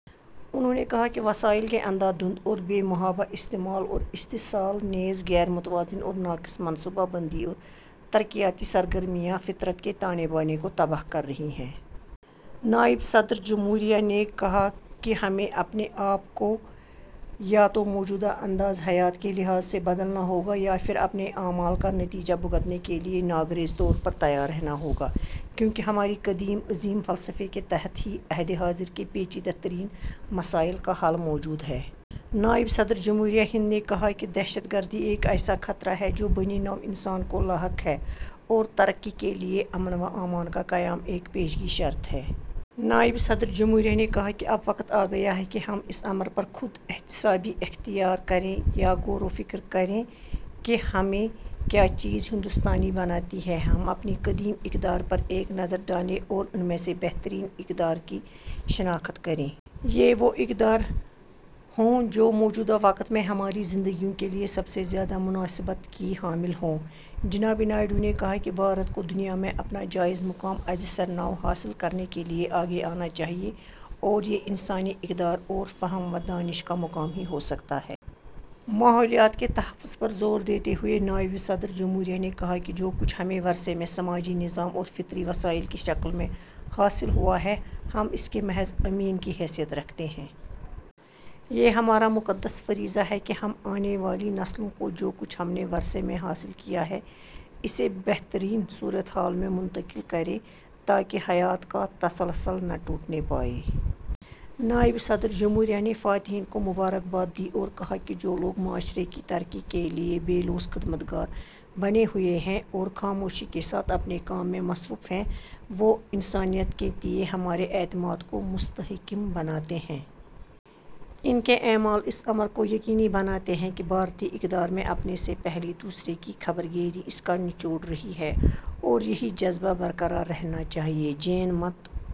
انہوں نے کہا کہ وسائل کے اندھا دھند اور بے محابہ استعمال اور استحصال نیز غیر متوازن اور ناقص منصوبہ بندی اور ترقیاتی سرگرمیاں، فطرت کے تانے بانے کو تباہ کر رہی ہیں۔ نائب صدر جمہوریہ نے کہا کہ ہمیں اپنے آپ کو یا تو موجودہ انداز حیات کے لحاظ سے بدلنا ہوگا یا پھر اپنے اعمال کا نتیجہ بھگتنے کے لیے ناگزیر طور پر تیار رہنا ہوگا، کیونکہ ہماری قدیم عظیم فلسفے کے تحت ہی عہد حاضر کے پیچیدہ ترین مسائل کا حل موجود ہے۔ نائب صدر جمہوریہ ہند نے کہا کہ دہشت گردی ایک ایسا خطرہ ہے جو بنی نوع انسان کو لاحق ہے اور ترقی کے لیے امن و امان کا قیام ایک پیشگی شرط ہے۔ نائب صدر جمہوریہ نے کہا کہ اب وقت آگیا ہے کہ ہم اس امر پر خود احتسابی اختیار کریں یا غور و فکر کریں کہ ہمیں کیا چیز ہندوستانی بناتی ہے۔ ہم اپنی قدیم اقدار پر ایک نظر ڈالیں اور ان میں سے بہترین اقدار کی شناخت کریں۔ یہ وہ اقدار ہوں جو موجودہ وقت میں ہماری زندگیوں کے لیے سب سے زیادہ مناسبت کی حامل ہوں۔ جناب نائیڈو نے کہا کہ بھارت کو دنیا میں اپنا جائز مقام ازسرنو حاصل کرنے کے لیے آگے آنا چاہیے اور یہ انسانی اقدار اور فہم و دانش کا مقام ہی ہو سکتا ہے۔ ماحولیات کے تحفظ پر زور دیتے ہوئے نائب صدر جمہوریہ نے کہا کہ جو کچھ ہمیں ورثے میں سماجی نظام اور فطری وسائل کی شکل میں حاصل ہوا ہے، ہم اس کے محض امین کی حیثیت رکھتے ہیں۔ یہ ہمارا مقدس فریضہ ہے کہ ہم آنے والی نسلوں کو جو کچھ ہم نے ورثے میں حاصل کیا ہے، اسے بہترین صورتحال میں منتقل کریں تاکہ حیات کا تسلسل نہ ٹوٹنے پائے۔ نائب صدر جمہوریہ نے فاتحین کو مبارکباد دی اور کہا کہ جو لوگ معاشرے کی ترقی کے لیے بے لوث خدمت گار بنے ہوئے ہیں اور خاموشی کے ساتھ اپنے کام میں مصروف ہیں، وہ انسانیت کے تئیں ہمارے اعتماد کو مستحکم بناتے ہیں۔ ان کے اعمال اس امر کو یقینی بناتے ہیں کہ بھارتی اقدار میں اپنے سے پہلے دوسرے کی خبر گیری اس کا نچوڑ رہی ہے اور یہی جذبہ برقرار رہنا چاہیے۔ جین مت